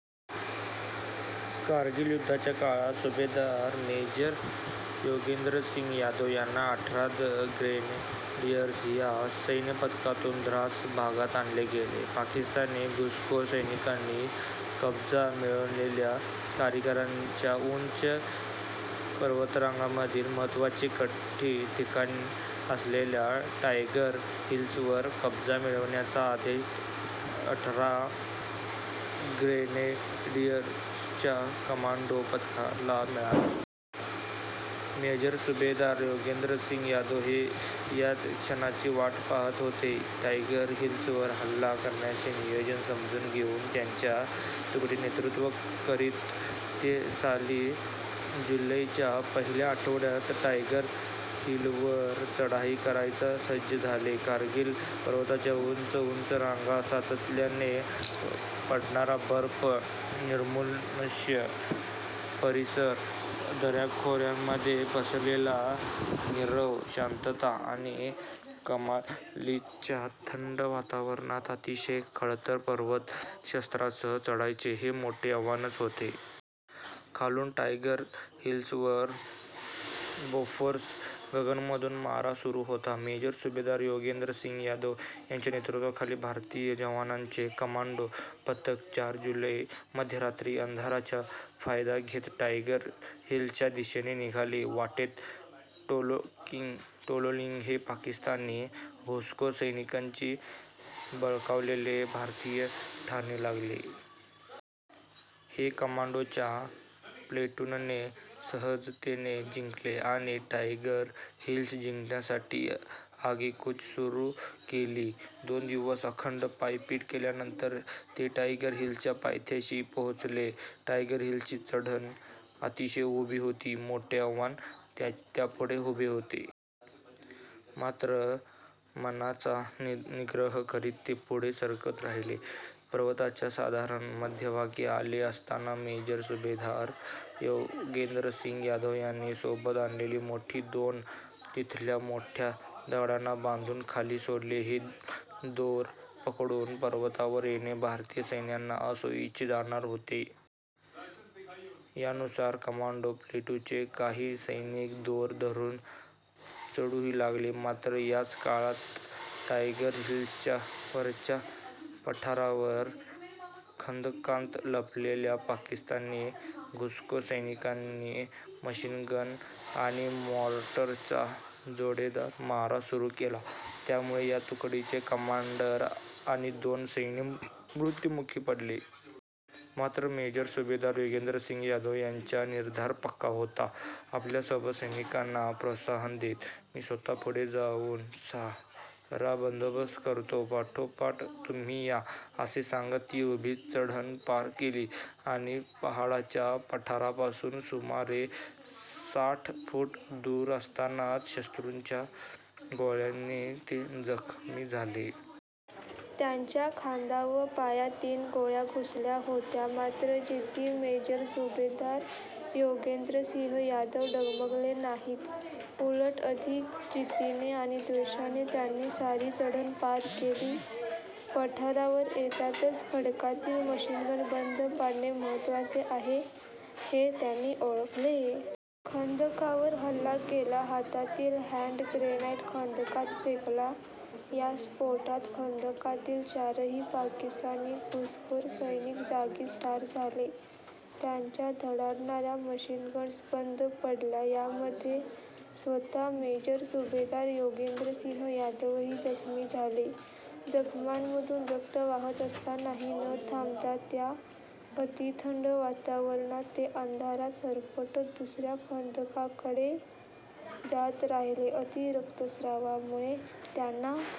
कारगिल युद्धाच्या काळात सुभेदार मेजर योगेंद्रसिंह यादव यांना अठरा द ग्रेनेडियर्स या सैन्यपथकातून द्रास भागात आणले गेले. पाकिस्तानी घुसखोर सैनिकांनी कब्जा मिळवलेल्या कारगिलच्या उंच पर्वतरांगांमधील महत्त्वाचे ठिकाण असलेल्या टायगर हिल्सवर कब्जा मिळवण्याचा आदेश अठरा ग्रेनेडियर्सच्या कमांडो पथकाला मिळाला. मेजर सुभेदार योगेंद्रसिंह यादव हे याच क्षणाची वाट पाहत होते. टायगर हिल्सवर हल्ला करण्याचे नियोजन समजून घेऊन त्यांच्या तुकडीचे नेतृत्व करीत ते साली जुलैच्या पहिल्या आठवड्यात टायगर हिलवर चढाई करायला सज्ज झाले. कारगिल पर्वतांच्या उंच उंच रांगा, सातत्याने पडणारा बर्फ, निर्मनुष्य परिसर, दऱ्याखोऱ्यांमध्ये पसरलेली नीरव शांतता आणि कमालीच्या थंड वातावरणात अतिशय खडतर पर्वत, शस्त्रांसह चढायचे हे मोठे आव्हानच होते. खालून टायगर हिल्सवर बोफोर्स गनमधून मारा सुरू होता. मेजर सुभेदार योगेंद्र सिंह यादव यांच्या नेतृत्वाखाली भारतीय जवानांचे कमांडो पथक चार जुलैच्या मध्यरात्री अंधाराचा फायदा घेत टायगर हिल्सच्या दिशेने निघाले. वाटेत टोलोलिंग हे पाकिस्तानी घुसखोर सैनिकांनी बळकावलेले भारतीय ठाणे लागले. ते कमांडोंच्या प्लॅटूनने सहजतेने जिंकले आणि टायगर हिल्स जिंकण्यासाठी आगेकूच सुरू केली. दोन दिवस अखंड पायपीट केल्यानंतर ते टायगर हिल्सच्या पायथ्याशी पोहोचले. टायगर हिल्सची चढण अतिशय उभी होती. मोठे आव्हान त्यांच्यापुढे उभे होते. मात्र मनाचा निग्रह करीत ते पुढे सरकत राहिले. पर्वताच्या साधारण मध्यभागी आले असताना मेजर सुभेदार योगेंद्रसिंह यादव यांनी सोबत आणलेले मोठे दोर तिथल्या मोठ्या दगडांना बांधून खाली सोडले. हे दोर पकडून पर्वतावर येणे भारतीय सैनिकांना सोयीचे जाणार होते. यानुसार कमांडो प्लॅटूनचे काही सैनिक दोर धरून चढूही लागले. मात्र याच काळात टायगर हिल्सच्या वरच्या पठारावर खंदकात लपलेल्या पाकिस्तानी घुसखोर सैनिकांनी मशीनगन आणि मॉर्टरचा जोरदार मारा सुरू केला. त्यामुळे या तुकडीचे कमांडर आणि दोन सैनिक मृत्युमुखी पडले. मात्र मेजर सुभेदार योगेंद्रसिंह यादव यांचा निर्धार पक्का होता. आपल्या सोबत सैनिकांना प्रोत्साहन देत, मी स्वतः पुढे जाऊन सारा बंदोबस्त करतो, पाठोपाठ तुम्ही या असे सांगत ती उभी चढण पार केली आणि पहाडाच्या पठारापासून सुमारे साठ फूट दूर असतानाच शत्रूंच्या गोळ्यांनी ते जखमी झाले. त्यांच्या खांदा व पायात तीन गोळ्या घुसल्या होत्या. मात्र जिद्दी मेजर सुभेदार योगेंद्रसिंह यादव डगमगले नाहीत. उलट अधिक जिद्दीने आणि त्वेषाने त्यांनी सारी चढण पार केली. पठारावर येतातच खंडकातील मशीनगन बंद पाडणे महत्त्वाचे आहे, हे त्यांनी ओळखले. खंदकावर हल्ला केला. हातातील हॅन्ड ग्रॅनाईट खंदकात फेकला. या स्फोटात खंदकातील चारही पाकिस्तानी घुसखोर सैनिक जागीच ठार झाले. त्यांच्या धडाडणाऱ्या मशीनगन्स बंद पडल्या. यामध्ये स्वतः मेजर सुभेदार योगेंद्रसिंह यादवही जखमी झाले. जखमांमधून रक्त वाहत असतानाही न थांबता त्या अतिथंड वातावरणात ते अंधारात सरपटत दुसऱ्या खंदकाकडे जात राहिले. अती रक्तस्त्रावामुळे त्यांना